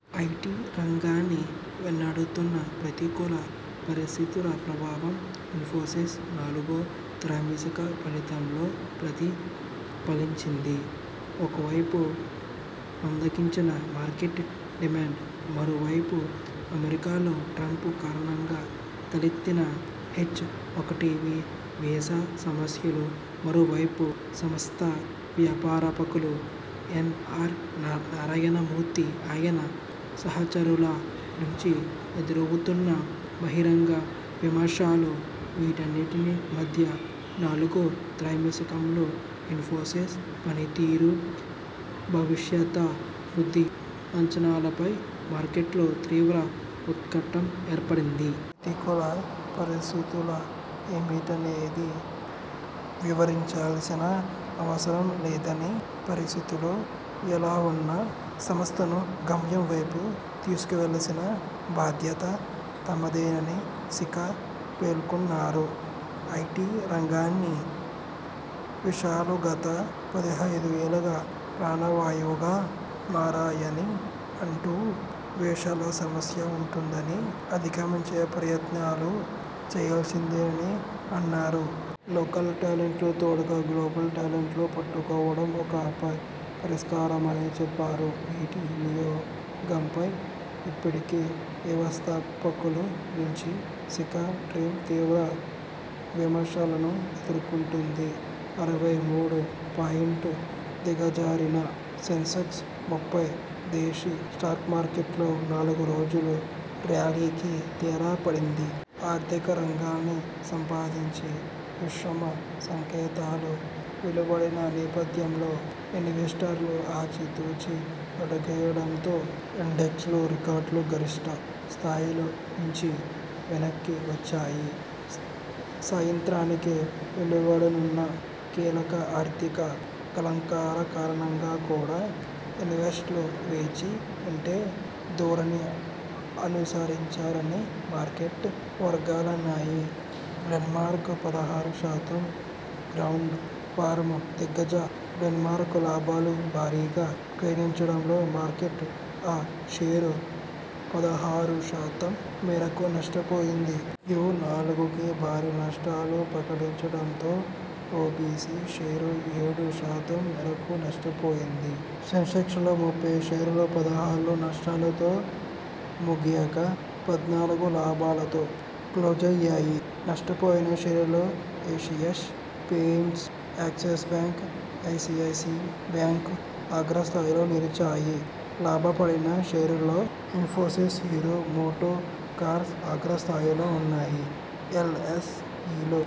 IT రంగాన్ని వెన్నాడుతున్న ప్రతికూల పరిస్థితుల ప్రభావం ఇన్ఫోసిస్ నాలుగో త్రైమాసిక ఫలితాల్లో ప్రతి ఫలించింది. ఒకవైపు మందగించిన మార్కెట్ డిమాండ్, మరోవైపు అమెరికాలో ట్రంప్ కారణంగా తలెత్తిన హెచ్ఒకటిబి వీసా సమస్యలు మరోవైపు సంస్థ వ్యవస్థాపకులు ఎన్ఆర్ నారాయణమూర్తి ఆయన సహచరుల నుంచి ఎదురవుతున్న బహిరంగ విమర్శలు వీటన్నింటి మధ్య నాలుగో త్రైమాసికంలో ఇన్ఫోసిస్ పనితీరు, భవిష్యత వృద్ధి అంచనాలపై మార్కెట్లో తీవ్ర ఉత్కంఠ ఏర్పడింది. ప్రతికూల పరిస్థితులు ఏమిటనేది వివరించాల్సిన అవసరం లేదనీ, పరిస్థితులు ఎలా ఉన్నా సంస్థను గమ్యం వైపు తీసుకెళ్లాల్సిన బాధ్యత తమదేనని సిక్కా పేర్కొన్నారు. ఐటి రంగానికి వీసాలు గత పదిహేనేళ్లుగా ప్రాణవాయువుగా మారాయని అంటూ, వీసాల సమస్య ఉంటుందనీ, అధిగమించే ప్రయత్నాలు చేయాల్సిందేనని అన్నారు. లోకల్ టాలెంట్కు తోడుగా గ్లోబల్ టాలెంట్ను పట్టుకోవడం ఒక పరిష్కారమని చెప్పారు. వీటి వినియోగంపై ఇప్పటికే వ్యవస్థాపకుల నుంచి సిక్కా టీమ్ తీవ్ర విమర్శలను ఎదుర్కొంటుంది. అరవై మూడు పాయింట్లు దిగజారిన సెన్సెక్స్ ముంబై దేశీ స్టాక్ మార్కెట్లో నాలుగు రోజుల ర్యాలీకి తెర పడింది. ఆర్థిక రంగానికి సంబంధించి మిశ్రమ సంకేతాలు వెలువడిన నేపథ్యంలో ఇన్వెస్టర్లు ఆచితూచి అడుగేయడంతో ఇండెక్స్లు రికార్డు గరిష్ఠ స్థాయిల నుంచి వెనక్కి వచ్చాయి. సాయంత్రానికి వెలువడనున్న కీలక ఆర్థిక గణాంకాల కారణంగా కూడా ఇన్వెస్టర్లు వేచి ఉండే ధోరణి అనుసరించారని మార్కెట్ వర్గాలన్నాయి. గ్లెన్మార్క్ పదహారు శాతం డౌన్ ఫార్మా దిగ్గజం గ్లెన్మార్క్ లాభాలు భారీగా క్షీణించడంతో మార్కెట్లో ఆ షేరు పదహారు శాతం మేరకు నష్టపోయింది. క్యూ నాలుగుకి భారీ నస్టాలు ప్రకటించడంతో ఒబిసి షేరు ఏడు శాతం మేరకు నష్టపోయింది. సెన్సెక్స్లోని ముప్పై షేర్లలో పదహారు నష్టాలతో ముగియగా పద్నాలుగు లాభాలతో క్లోజయ్యాయి. నష్టపోయిన షేర్లలో Asian Paints, Axis Bank, ICICI Bank అగ్రస్థానంలో నిలిచాయి. లాభపడిన షేర్లలో ఇన్ఫోసిస్ హీరో మోటో కార్ప్ అగ్రస్థానంలో ఉన్నాయి. ఎల్ఎస్ఇలో